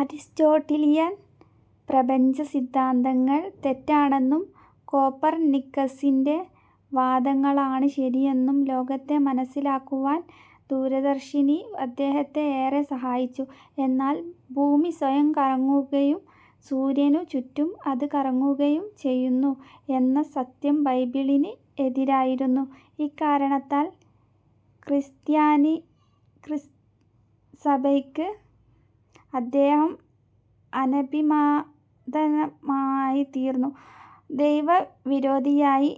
Aristotelian പ്രപഞ്ചസിദ്ധാന്തങ്ങൾ തെറ്റാണെന്നും കോപ്പർനിക്കസിന്റെ വാദങ്ങളാണ് ശരിയെന്നും ലോകത്തെ മനസ്സിലാക്കുവാൻ ദൂരദർശിനി അദ്ദേഹത്തെ ഏറെ സഹായിച്ചു. എന്നാൽ ഭൂമി സ്വയം കറങ്ങുകയും സൂര്യനുചുറ്റും അത് കറങ്ങുകയും ചെയ്യുന്നു എന്ന സത്യം ബൈബിളിന് എതിരായിരുന്നു. ഇക്കാരണത്താൽ ക്രിസ്തീയസഭയ്ക്ക് അദ്ദേഹം അനഭിമതനായിത്തീർന്നു. ദൈവവിരോധിയായി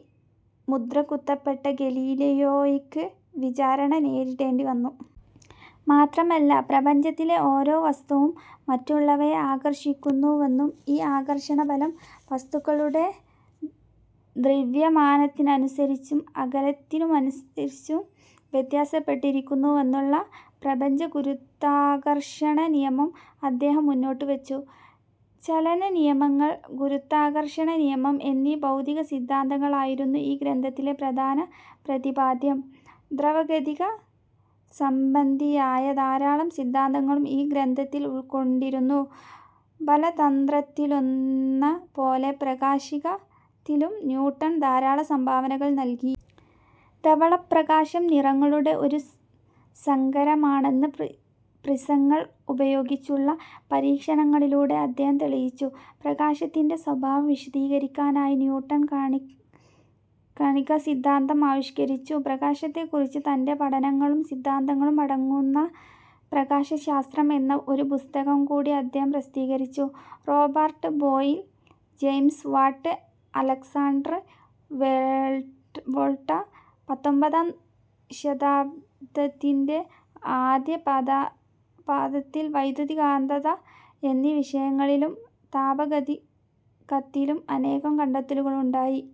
മുദ്രകുത്തപ്പെട്ട ഗലീലിയോയ്ക്ക് വിചാരണ നേരിടേണ്ടിവന്നു. മാത്രമല്ല, പ്രപഞ്ചത്തിലെ ഓരോവസ്തുവും മറ്റുള്ളവയെ ആകർഷിക്കുന്നുവെന്നും ഈ ആകർഷണബലം വസ്തുക്കളുടെ ദ്രവ്യമാനത്തിനനുസരിച്ചും അകലത്തിനനുസരിച്ചും വ്യത്യാസപ്പെട്ടിരിക്കുന്നുവെന്നുമുള്ള പ്രപഞ്ചഗുരുത്വാകർഷണനിയമം അദ്ദേഹം മുന്നോട്ടുവച്ചു. ചലനനിയമങ്ങൾ, ഗുരുത്വാകർഷണനിയമം എന്നീ ഭൗതികസിദ്ധാന്തങ്ങൾ ആയിരുന്നു ഈ ഗ്രന്ഥത്തിലെ പ്രധാന പ്രതിപാദ്യം. ദ്രവഗതികസംബന്ധിയായ ധാരാളം സിദ്ധാന്തങ്ങളും ഈ ഗ്രന്ഥത്തിൽ ഉൾക്കൊണ്ടിരുന്നു. ബലതന്ത്രത്തിലെന്നപോലെ പ്രകാശികത്തിലും ന്യൂട്ടൻ ധാരാളം സംഭാവനകൾ നൽകി. ധവളപ്രകാശം നിറങ്ങളുടെ ഒരു സങ്കരമാണെന്ന് പ്രിസങ്ങൾ ഉപയോഗിച്ചുള്ള പരീക്ഷണങ്ങളിലൂടെ അദ്ദേഹം തെളിയിച്ചു. പ്രകാശത്തിന്റെ സ്വഭാവം വിശദീകരിക്കാനായി ന്യൂട്ടൻ കണികാസിദ്ധാന്തം ആവിഷ്കരിച്ചു. പ്രകാശത്തെക്കുറിച്ചുള്ള തന്റെ പഠനങ്ങളും സിദ്ധാന്തങ്ങളും അടങ്ങുന്ന പ്രകാശശാസ്ത്രം എന്ന ഒരു പുസ്തകം കൂടി അദ്ദേഹം പ്രസിദ്ധീകരിച്ചു. Robert Boyle James Watt Alexander Volta പത്തൊൻപതാം ശതാബ്ദത്തിന്റെ ആദ്യപാദങ്ങളിൽ വൈദ്യുതി-കാന്തത എന്നീവിഷയങ്ങളിലും താപഗതികത്തിലും അനേകം കണ്ടെത്തലുകളുണ്ടായി.